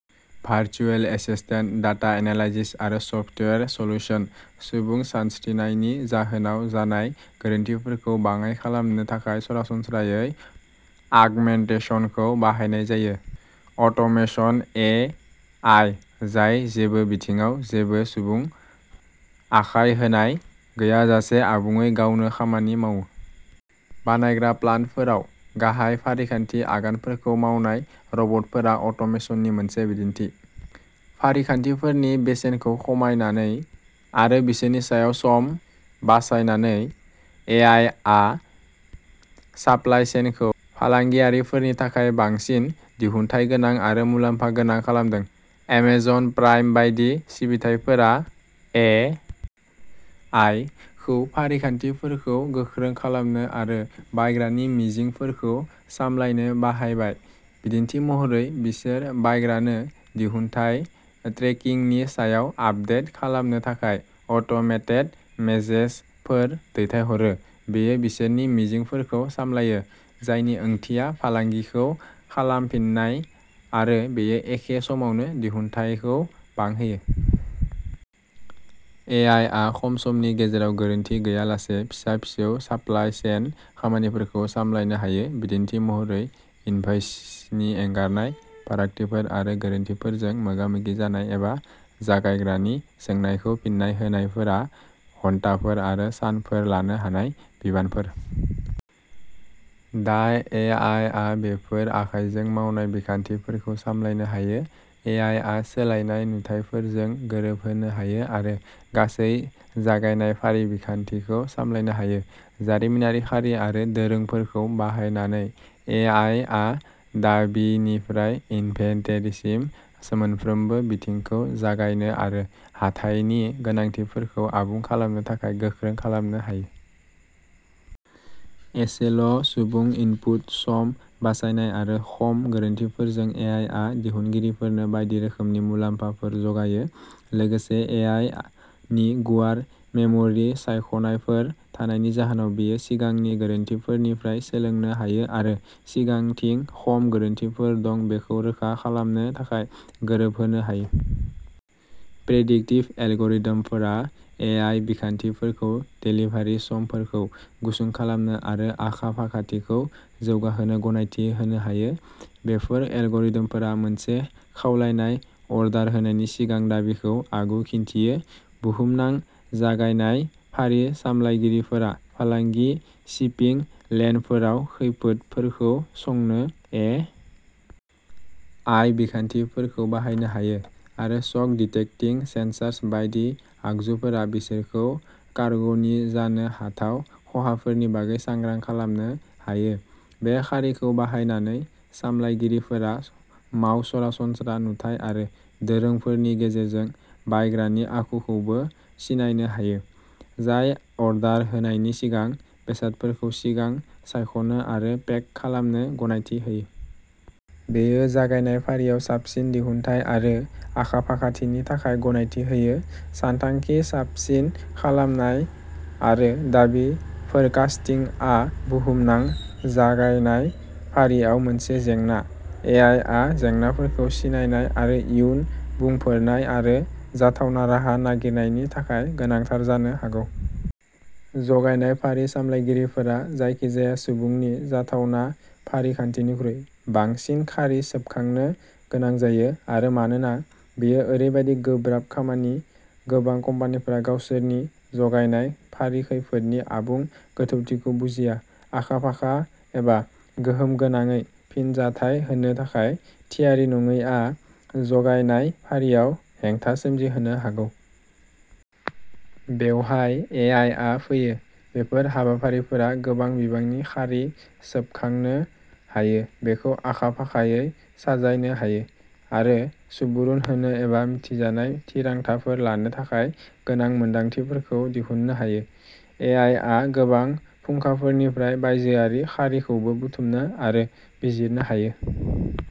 Virtual assistant, data analysis आरो software solution. सुबुं सानस्रिनायनि जाहोनाव जानाय गोरोन्थिफोरखौ बाङाइ खालामनो थाखाय सरासनस्रायै आगमेन्टेसनखौ बाहायनाय जायो। अट'मेसनः ए. आइ. जाय जेबो बिथिङाव जेबो सुबुं आखाय होनाय गैयाजासे आबुङै गावनो खामानि मावो। बानायग्रा प्लान्टफोराव गाहाय फारिखान्थि आगानफोरखौ मावनाय रबटफोरा अट'मेसननि मोनसे बिदिन्थि। फारिखान्थिफोरनि बेसेनखौ खमायनानै आरो बिसोरनि सायाव सम बासायनानै, ए. आइ. आ साप्लाइ चेनखौ फालांगिफोरनि थाखाय बांसिन दिहुनथायगोनां आरो मुलाम्फा गोनां खालामदों। एमेजन प्राइम बायदि सिबिथायफोरा ए. आइ. खौ फारिखान्थिफोरखौ गोख्रों खालामनो आरो बायग्रानि मिजिंफोरखौ सामलायनो बाहायबाय। बिदिन्थि महरै, बिसोर बायग्रानो दिहुनथाय ट्रेकिंनि सायाव आपदेट खालामनो थाखाय अट'मेटेड मेसेजफोर दैथायहरो। बेयो बिसोरनि मिजिंफोरखौ सामलायो, जायनि ओंथिया फालांगिखौ खालामफिननाय, आरो बेयो एखे समावनो दिहुनथायखौ बांहोयो। ए. आइ. आ खम समनि गेजेराव गोरोन्थि गैयालासे फिसा-फिसौ साप्लाइ चेन खामानिफोरखौ सामलायनो हायो। बिदिन्थि महरै, इनभ'इसनि एंगारनाय, फारागथिफोर आरो गोरोन्थिफोरजों मोगा-मोगि जानाय एबा जगायग्रानि सोंनायखौ फिननाय होनायफोरा घन्टाफोर आरो सानफोर लानो हानाय बिबानफोर। दा, ए. आइ. आ बेफोर आखाइजों मावनाय बिखान्थिफोरखौ सामलायनो हायो। ए. आइ. आ सोलायनाय नुथायफोरजों गोरोबहोनो हायो आरो गासै जगायनाय फारि बिखान्थिखौ सामलायनो हायो। जारिमिनारि खारि आरो दोरोंफोरखौ बाहायनानै, ए. आइ. आ दाबिनिफ्राय इनभेन्टरिसिम मोनफ्रोमबो बिथिंखौ जगायनो आरो हाथाइनि गोनांथिफोरखौ आबुं खालामनो थाखाय गोख्रों खालामनो हायो। एसेल'सुबुं इनपुट, सम बासायनाय आरो खम गोरोन्थिफोरजों, ए. आइ. आ दिहुनगिरिफोरनो बायदि रोखोमनि मुलाम्फाफोर जगायो। लोगोसे, ए. आइ. नि गुवार मेम'रि सायख'नायफोर थानायनि जाहोनाव, बेयो सिगांनि गोरोन्थिफोरनिफ्राय सोलोंनो हायो आरो सिगांथिं खम गोरोन्थिफोर दं बेखौ रोखा खालामनो थाखाय गोरोबहोनो हायो। प्रेडिक्टिभ एलग'रिथमफोरा ए. आइ. बिखान्थिफोरखौ देलिभारि समफोरखौ गुसुं खालामनो आरो आखा-फाखाथिखौ जौगाहोनो गनायथि होनो हायो। बेफोर एलग'रिथमफोरा मोनसे खावलायनाय अर्डार होनायनि सिगां दाबिखौ आगु-खिन्थियो। बुहुमनां जगायनाय फारि सामलायगिरिफोरा फालांगि शिपिं लेनफोराव खैफोदफोरखौ संनो ए. आइ. बिखान्थिफोरखौ बाहायनो हायो, आरो शक-डिटेक्टिं सेन्सर्स बायदि आगजुफोरा बिसोरखौ कार्ग'नि जानो हाथाव खहाफोरनि बागै सांग्रां खालामनो हायो। बे खारिखौ बाहायनानै, सामलायगिरिफोरा माव सरासनस्रा नुथाय आरो दोरोंफोरनि गेजेरजों बायग्रानि आखुखौबो सिनायनो हायो, जाय अर्डार होनायनि सिगां बेसादफोरखौ सिगां सायख'नो आरो पेक खालामनो गनायथि होयो। बेयो जगायनाय फारिआव साबसिन दिहुनथाय आरो आखा-फाखाथिनि थाखाय गनायथि होयो। सानथांखि, साबसिन खालामनाय आरो दाबि फोरकास्टिंआ बुहुमनां जागायनाय फारिआव मोनसे जेंना। ए. आइ. आ जेंनाफोरखौ सिनायनाय आरो इयुन बुंफोरनाय आरो जाथावना राहा नागिरनायनि थाखाय गोनांथार जानो हागौ। जगायनाय फारि सामलायगिरिफोरा जायखिजाया सुबुंनि जाथावना फारिखान्थिनिख्रुइ बांसिन खारि सोबखांनो गोनां जायो, आरो मानोना बेयो ओरैबायदि गोब्राब खामानि, गोबां कम्पानिफोरा गावसोरनि जगायनाय फारि खैफोदनि आबुं गोथौथिखौ बुजिया। आखा-फाखा एबा गोहोमगोनाङै फिनजाथाय होनो थाखाय थियारि नङैआ जगायनाय फारिआव हेंथा सोमजिहोनो हागौ। बेवहाय ए. आइ. आ फैयो। बेफोर हाबाफारिफोरा गोबां बिबांनि खारि सोबखांनो हायो, बेखौ आखा-फाखायै साजायनो हायो, आरो सुबुरुन होनो एबा मिथिजानाय थिरांथाफोर लानो थाखाय गोनां मोनदांथिफोरखौ दिहुननो हायो। ए. आइ. आ गोबां फुंखाफोरनिफ्राय बायजोआरि खारिखौबो बुथुमनो आरो बिजिरनो हायो,